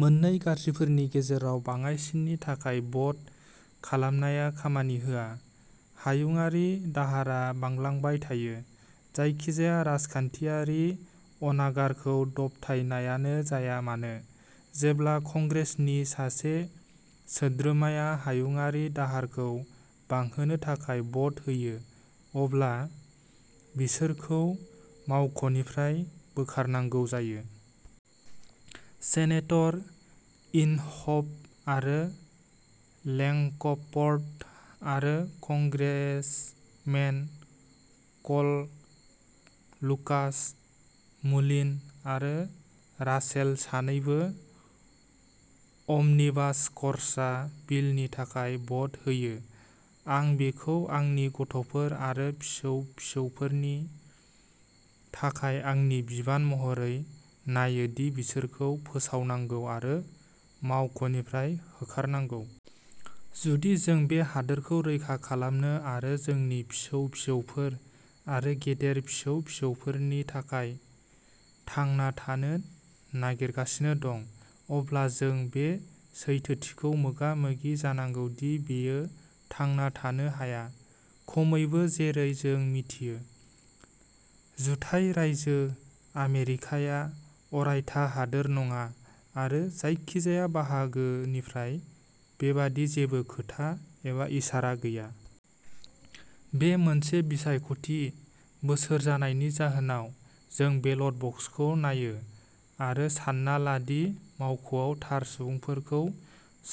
मोननै गाज्रिफोरनि गेजेराव बाङाइसिननि थाखाय भ'ट खालामनाया खामानि होआ, हायुंआरि दाहारआ बांलांबाय थायो, जायखिजाया राजखान्थियारि अनागारखौ दबथायनायानो जाया मानो। जेब्ला कंग्रेसनि सासे सोद्रोमाया हायुंआरि दाहारखौ बांहोनो थाखाय भ'ट होयो, अब्ला बिसोरखौ मावख'निफ्राय बोखारनांगौ जायो। सेनेटर इनहफ आरो लेंकफ'र्ड आरो कंग्रेसमेन क'ल, लुकास, मुलिन आरो रासेल सानैबो अमनिबास खर्सा बिलनि थाखाय भ'ट होयो। आं बेखौ आंनि गथ'फोर आरो फिसौ-फिसौफोरनि थाखाय आंनि बिबान महरै नायो दि बिसोरखौ फोसावनांगौ आरो मावख'निफ्राय होखारनांगौ। जुदि जों बे हादोरखौ रैखा खालामनो आरो जोंनि फिसौ-फिसौफोर आरो गेदेर फिसौ-फिसौफोरनि थाखाय थांना थानो नागिरगासिनो दं, अब्ला जों बे सैथोथिखौ मोगा-मोगि जानांगौ दि बियो थांना थानो हाया। खमैबो, जेरै जों मिथियो। जुथाइ राय्जो आमेरिकाया अरायथा हादोर नङा आरो जायखि जाया बाहागोनिफ्राय बेबादि जेबो खोथा एबा इसारा गैया। बे मोनसे बिसायख'थि बोसोर जानायनि जाहोनाव, जों बेलट बक्सखौ नायो आरो सानना ला दि मावख'आव थार सुबुंफोरखौ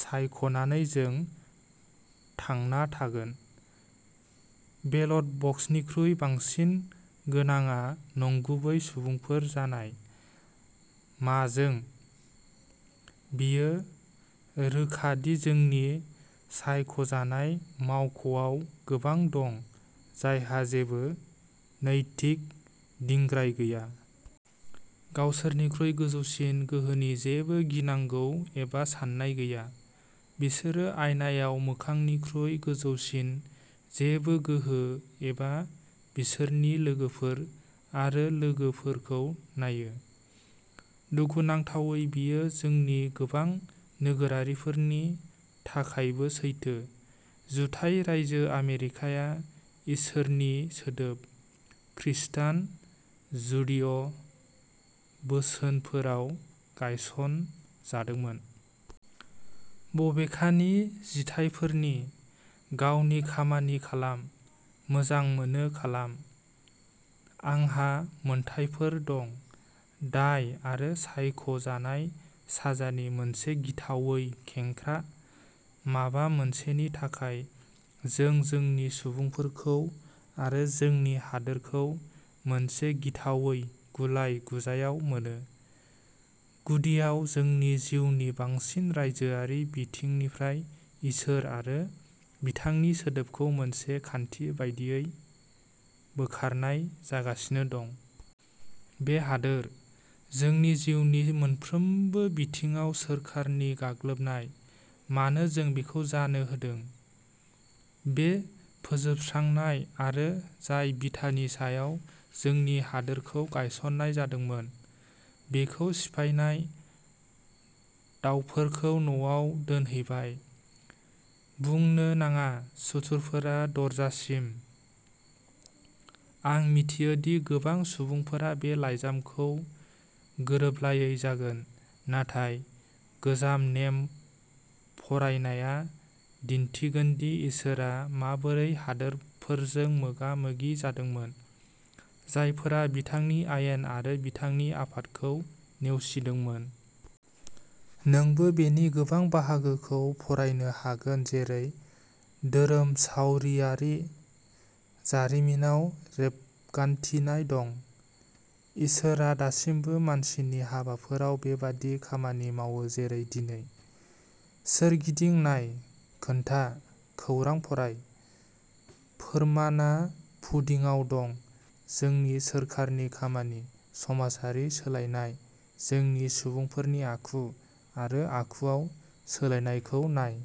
सायख'नानै जों थांना थागोन। बेलट बक्सनिख्रुइ बांसिन गोनांआ नंगुबै सुबुंफोर जानाय। मा जों? बेयो रोखा दि जोंनि सायख'जानाय मावख'आव गोबां दं जायहा जेबो नैतिक दिंग्राय गैया। गावसोरनिख्रुइ गोजौसिन गोहोनि जेबो गिनांगौ एबा सान्नाय गैया। बिसोरो आइनायाव मोखांनिख्रुइ गोजौसिन जेबो गोहो एबा बिसोरनि लोगोफोर आरो लोगोफोरखौ नायो। दुखुनांथावै बेयो जोंनि गोबां नोगोरारिफोरनि थाखायबो सैथो। जुथाइ राय्जो आमेरिकाया इसोरनि सोदोब-- खृस्टान/जुडिय'बोसोनफोराव गायसनजादोंमोन। बबेखानि, जिथायफोरनि "गावनि खामानि खालाम", "मोजां मोनो, खालाम", "आंहा मोनथायफोर दं", दाय आरो सायख'जानाय साजानि मोनसे गिथावै खेंख्रा, माबा मोनसेनि थाखाय, जों जोंनि सुबुंफोरखौ आरो जोंनि हादोरखौ मोनसे गिथावै गुलाय-गुजायाव मोनो। गुदियाव, जोंनि जिउनि बांसिन रायजोआरि बिथिंनिफ्राय इसोर आरो बिथांनि सोदोबखौ मोनसे खान्थि बायदियै बोखारनाय जागासिनो दं। बे हादोर। जोंनि जिउनि मोनफ्रोमबो बिथिङाव सोरखारनि गाग्लोबनाय। मानो जों बिखौ जानो होदों? बे फोजोबस्रांनाय आरो जाय बिथानि सायाव जोंनि हादोरखौ गायसननाय जादोंमोन, बेखौ सिफायनाय, दावफोरखौ न'आव दोनहैबाय। बुंनो नाङा, सुथुरफोरा दरजासिम। आं मिथियो दि गोबां सुबुंफोरा बे लाइजामखौ गोरोबलायै जागोन, नाथाय गोजाम नेम फरायनाया दिन्थिगोनदि इसोरआ माबोरै हादोरफोरजों मोगा-मोगि जादोंमोन जायफोरा बिथांनि आयेन आरो बिथांनि आफादखौ नेवसिदोंमोन। नोंबो बेनि गोबां बाहागोखौ फरायनो हागोन जेरै धोरोमसावरियारि जारिमिनाव रेबगान्थिनाय दं। इसोरआ दासिमबो मानसिनि हाबाफोराव बेबादि खामानि मावो जेरै दिनै। सोरगिदिं नाय, खोनथा, खौरां फराय। फोरमानआ पुडिंआव दं। जोंनि सोरखारनि खामानि, समाजारि सोलायनाय, जोंनि सुबुंफोरनि आखु आरो आखुआव सोलायनायखौ नाय।